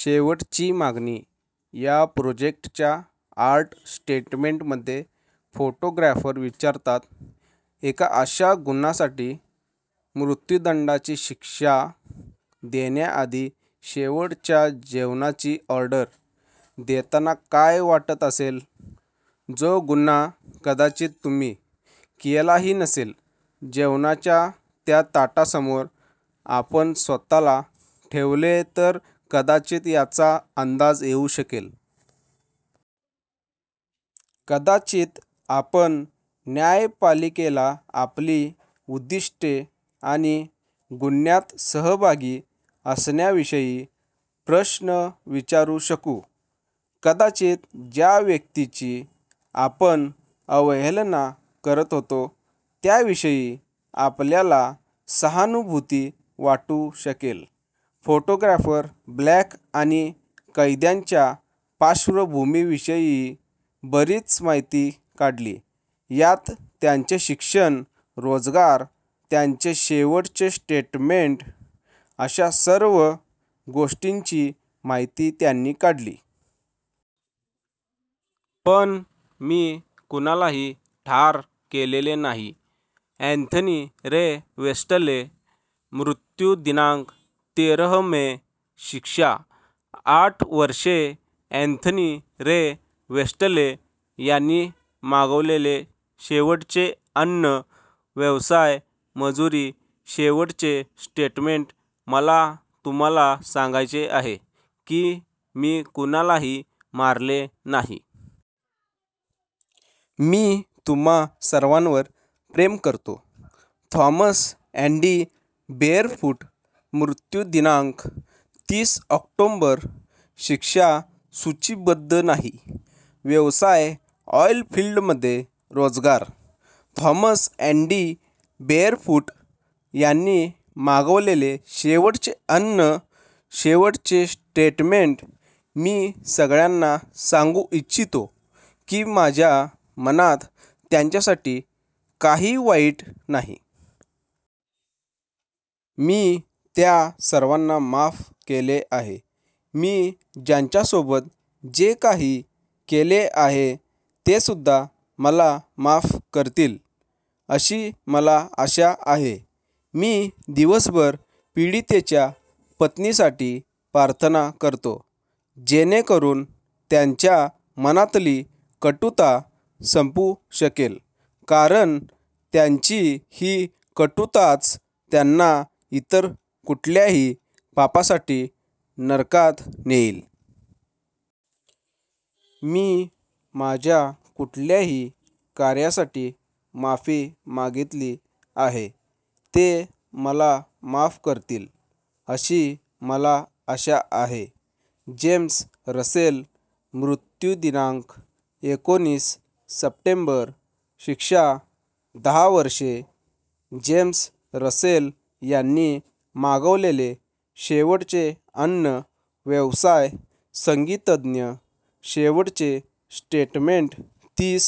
शेवटची मागणी - या प्रोजेक्टच्या आर्ट स्टेटमेंटमध्ये फोटोग्राफर विचारतात, "एका अशा गुन्ह्यासाठी मृत्यूदंडाची शिक्षा देण्याआधी शेवटच्या जेवणाची ऑर्डर देताना काय वाटत असेल, जो गुन्हा कदाचित तुम्ही केलाही नसेल?" "जेवणाच्या त्या ताटासमोर आपण स्वतःला ठेवले तर कदाचित याचा अंदाज येऊ शकेल." "कदाचित आपण न्यायपालिकेला आपली उद्दिष्टे आणि गुन्ह्यात सहभागी असण्याविषयी प्रश्न विचारू शकू." "कदाचित ज्या व्यक्तीची आपण अवहेलना करत होतो, त्याच्याविषयी आपल्याला सहानुभूती वाटू शकेल." फोटोग्राफर ब्लॅक यांनी कैद्यांच्या पार्श्वभूमीविषयीही बरीच माहिती काढली. यात त्यांचे शिक्षण, रोजगार, त्यांचे शेवटचे स्टेटमेंट अशा सर्व गोष्टींची माहिती त्यांनी काढली. पण, मी कुणालाही ठार केलेले नाही - अँथनी रे वेस्टले, मृत्यू दिनांक: तेरह मे, शिक्षा: आठ वर्षे, अँथनी रे वेस्टले यांनी मागवलेले शेवटचे अन्न, व्यवसाय: मजुरी, शेवटचे स्टेटमेंट: "मला तुम्हाला सांगायचे आहे की मी कुणालाही मारले नाही. मी तुम्हा सर्वांवर प्रेम करतो." थॉमस अँडी बेअरफूट, मृत्यू दिनांक: तीस ऑक्टोबर, शिक्षा: सूचीबद्ध नाही, व्यवसाय: ऑइलफिल्डमध्ये रोजगार, थॉमस अँडी बेअरफूट यांनी मागवलेले शेवटचे अन्न, शेवटचे स्टेटमेंट: "मी सगळ्यांना सांगू इच्छितो की माझ्या मनात त्यांच्यासाठी काही वाईट नाही. मी त्या सर्वांना माफ केले आहे. मी ज्यांच्यासोबत जे काही केले आहे तेसुद्धा मला माफ करतील, अशी मला आशा आहे." "मी दिवसभर पीडितेच्या पत्नीसाठी प्रार्थना करतो. जेणेकरून त्यांच्या मनातली कटुता संपू शकेल. कारण त्यांची ही कटुताच त्यांना इतर कुठल्या पापासाठी नरकात नेईल. मी माझ्या कुठल्याही कार्यासाठी माफी मागितली आहे. ते मला माफ करतील, अशी मला आशा आहे." जेम्स रसेल, मृत्यू दिनांक: एकोणीस सप्टेंबर, शिक्षा: दहा वर्षे, जेम्स रसेल यांनी मागवलेले शेवटचे अन्न, व्यवसाय: संगीतज्ञ, शेवटचे स्टेटमेंट: तीन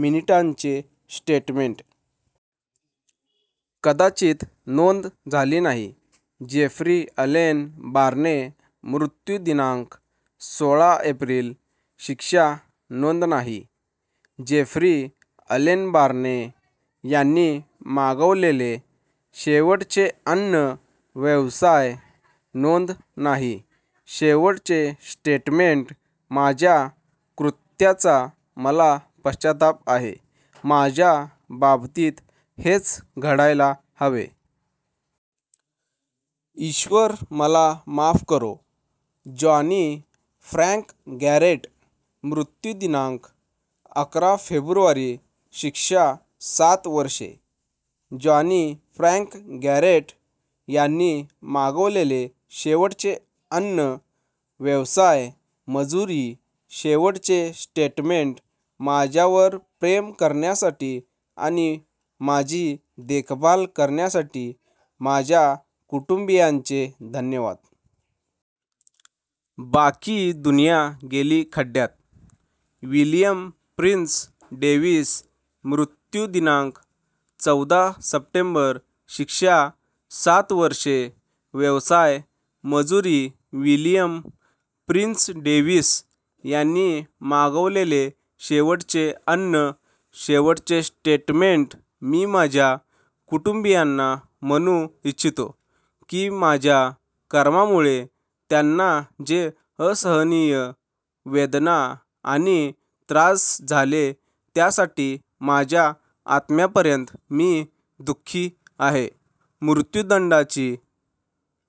मिनिटांचे स्टेटमेंट. कदाचित नोंद झाली नाही. जेफ्री अलेन बार्ने, मृत्यू दिनांक: सोळा एप्रिल, शिक्षा: नोंद नाही, जेफ्री अलेन बार्ने यांनी मागवलेले शेवटचे अन्न, व्यवसाय: नोंद नाही, शेवटचे स्टेटमेंट: "माझ्या कृत्याचा मला पश्चाताप आहे. माझ्या बाबतीत हेच घडायला हवे. ईश्वर मला माफ करो." जॉनी फ्रँक गॅरेट, मृत्यू दिनांक: अकरा फेब्रुवारी, शिक्षा: सात वर्षे, जॉनी फ्रँक गॅरेट यांनी मागवलेले शेवटचे अन्न, व्यवसाय: मजुरी, शेवटचे स्टेटमेंट: "माझ्यावर प्रेम करण्यासाठी आणि माझी देखभाल करण्यासाठी माझ्या कुटुंबीयांचे धन्यवाद. बाकी दुनिया गेली खड्ड्यात." विलियम प्रिन्स डेव्हिस, मृत्यू दिनांक: चौदा सप्टेंबर, शिक्षा: सात वर्षे, व्यवसाय: मजुरी, विलियम प्रिन्स डेव्हिस यांनी मागवलेले शेवटचे अन्न, शेवटचे स्टेटमेंट: "मी माझ्या कुटुंबीयांना म्हणू इच्छितो की माझ्या कर्मामुळे त्यांना जे असहनीय वेदना आणि त्रास झाले त्यासाठी माझ्या आत्म्यापर्यंत मी दुःखी आहे. मृत्यूदंडाची